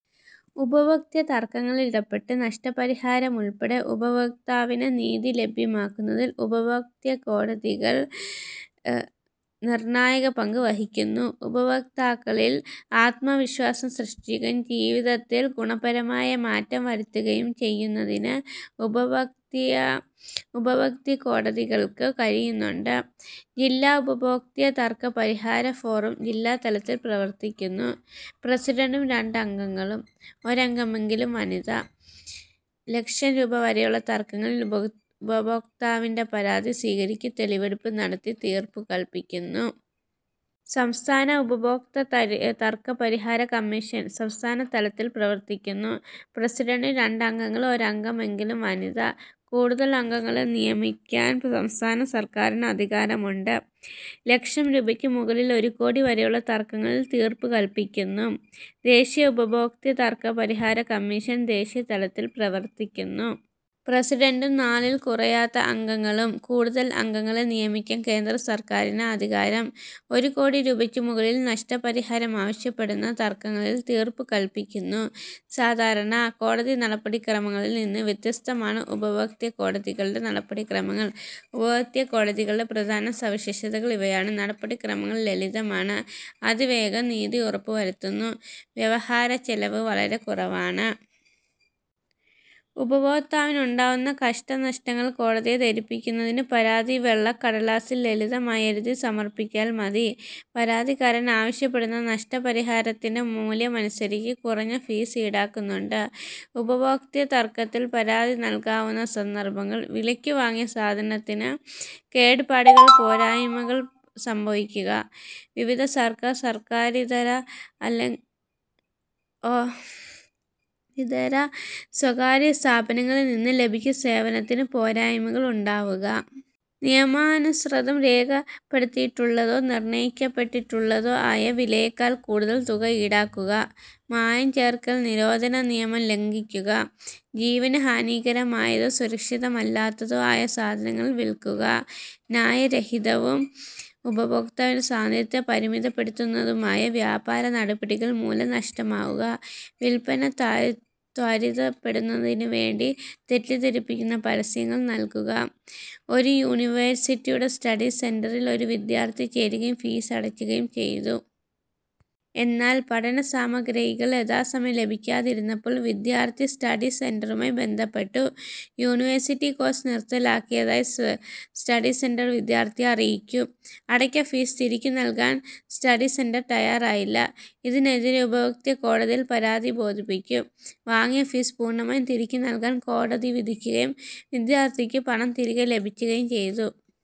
ഉപഭോക്തൃ തർക്കങ്ങളിലിടപെട്ട് നഷ്ടപരിഹാരമുൾപ്പെടെ ഉപഭോക്താവിന് നീതി ലഭ്യമാക്കുന്നതിൽ ഉപഭോക്തൃകോടതികൾ നിർണായക പങ്ക് വഹിക്കുന്നു. ഉപഭോക്താക്കളിൽ ആത്മവിശ്വാസം സൃഷ്ടിക്കുകയും ജീവിതത്തിൽ ഗുണപരമായ മാറ്റം വരുത്തുകയും ചെയ്യുന്നതിന് ഉപഭോക്തൃകോടതികൾക്ക് കഴിയുന്നുണ്ട്. ജില്ലാ ഉപഭോക്തൃ തർക്ക പരിഹാര ഫോറം ജില്ലാതലത്തിൽ പ്രവർത്തിക്കുന്നു. പ്രസിഡന്റും രണ്ട് അംഗങ്ങളും. ഒരംഗമെങ്കിലും വനിത. ലക്ഷം രൂപ വരെയുള്ള തർക്കങ്ങളിൽ ഉപഭോക്താവിന്റെ പരാതി സ്വീകരിച്ച് തെളിവെടുപ്പ് നടത്തി തീർപ്പുകൽപ്പിക്കുന്നു. സംസ്ഥാന ഉപഭോക തർക്കപരിഹാര കമ്മീഷൻ- സംസ്ഥാനതലത്തിൽ പ്രവർത്തിക്കുന്നു. പ്രസിഡന്റും രണ്ട് അംഗങ്ങളും. ഒരംഗമെങ്കിലും വനിത. കൂടുതൽ അംഗങ്ങളെ നിയമിക്കാൻ സംസ്ഥാന സർക്കാരിന് അധികാരമുണ്ട്. ലക്ഷം രൂപയ്ക്ക് മുകളിൽ ഒരു കോടി വരെയുള്ള തർക്കങ്ങളിൽ തീർപ്പ് കൽപ്പിക്കുന്നു. ദേശീയ ഉപഭോക്തൃ തർക്ക പരിഹാര കമ്മീഷൻ- ദേശീയതലത്തിൽ പ്രവർത്തിക്കുന്നു. പ്രസിഡന്റും നാലിൽ കുറയാത്ത അംഗങ്ങളും. കൂടുതൽ അംഗങ്ങളെ നിയമിക്കാൻ കേന്ദ്രസർക്കാരിന് അധികാരം. ഒരു കോടി രൂപയ്ക്കുമുകളിൽ നഷ്ടപരിഹാരം ആവശ്യപ്പെടുന്ന തർക്കങ്ങളിൽ തീർപ്പു കൽപ്പിക്കുന്നു. സാധാരണ കോടതി നടപടിക്രമങ്ങളിൽനിന്ന് വ്യത്യസ്തമാണ് ഉപഭോക്തൃകോടതികളുടെ നടപടിക്രമങ്ങൾ. ഉപഭോക്തൃകോടതികളുടെ പ്രധാന സവിശേഷതകൾ ഇവയാണ്: നടപടിക്രമങ്ങൾ ലളിതമാണ്. അതിവേഗം നീതി ഉറപ്പുവരുത്തുന്നു. വ്യവഹാരച്ചെലവ് വളരെ കുറവാണ്. ഉപഭോക്താവിനുണ്ടാവുന്ന കഷ്ടനഷ്ടങ്ങൾ കോടതിയെ ധരിപ്പിക്കുന്നതിന് പരാതി വെള്ളക്കടലാസിൽ ലളിതമായി എഴുതി സമർപ്പിച്ചാൽ മതി. പരാതിക്കാരൻ ആവശ്യപ്പെടുന്ന നഷ്ടപരിഹാരത്തിന്റെ മൂല്യമനുസരിച്ച് കുറഞ്ഞ ഫീസ് ഈടാക്കുന്നുണ്ട്. ഉപഭോക്തൃതർക്കത്തിൽ പരാതി നൽകാവുന്ന സന്ദർഭങ്ങൾ: വിലയ്ക്കു വാങ്ങിയ സാധനത്തിന് കേടുപാടുകൾ പോരായ്മകൾ സംഭവിക്കുക. വിവിധ സർക്കാർ സർക്കാരിതര/സ്വകാര്യസ്ഥാപനങ്ങളിൽ നിന്ന് ലഭിച്ച സേവനത്തിന് പോരായ്മകൾ ഉണ്ടാവുക. നിയമാനുസൃതം രേഖപ്പെടുത്തിയിട്ടുള്ളതോ നിർണയിക്കപ്പെട്ടിട്ടുള്ളതോ ആയ വിലയേക്കാൾ കൂടുതൽ തുക ഈടാക്കുക. മായം ചേർക്കൽ നിരോധനനിയമം ലംഘിക്കുക. ജീവന് ഹാനികരമായതോ സുരക്ഷിതമല്ലാത്തതോ ആയ സാധനങ്ങൾ വിൽക്കുക. ന്യായരഹിതവും ഉപഭോക്താവിന്റെ സ്വാതന്ത്ര്യത്തെ പരിമിതപ്പെടുത്തുന്നതുമായ വ്യാപാര നടപടികൾ മൂലം നഷ്ടമുണ്ടാവുക. വിൽപ്പന ത്വരിതപ്പെടുന്നതിനു വേണ്ടി തെറ്റിദ്ധരിപ്പിക്കുന്ന പരസ്യങ്ങൾ നൽകുക. ഒരു യൂണിവേഴ്സിറ്റിയുടെ സ്റ്റഡി സെന്ററിൽ ഒരു വിദ്യാർഥി ചേരുകയും ഫീസടയ്ക്കുകയും ചെയ്തു. എന്നാൽ പഠനസാമഗ്രികൾ യഥാസമയം ലഭിക്കാതിരുന്നപ്പോൾ വിദ്യാർഥി സ്റ്റഡി സെന്ററുമായി ബന്ധപ്പെട്ടു. യൂണി വേഴ്സിറ്റി കോഴ്സ് നിർത്തലാക്കിയതായി സ്റ്റഡിസെന്റർ വിദ്യാർഥിയെ അറിയിച്ചു. അടച്ച ഫീസ് തിരിച്ചു നൽകാൻ സ്റ്റഡിസെന്റർ തയാറായില്ല. ഇതിനെതിരെ ഉപഭോക്തൃകോടതിയിൽ പരാതി ബോധിപ്പിച്ചു. വാങ്ങിയ ഫീസ് പൂർണമായി തിരിച്ചുനൽകാൻ കോടതി വിധിക്കുകയും വിദ്യാർഥിക്ക് പണം തിരികെ ലഭിക്കുകയും ചെയ്തു.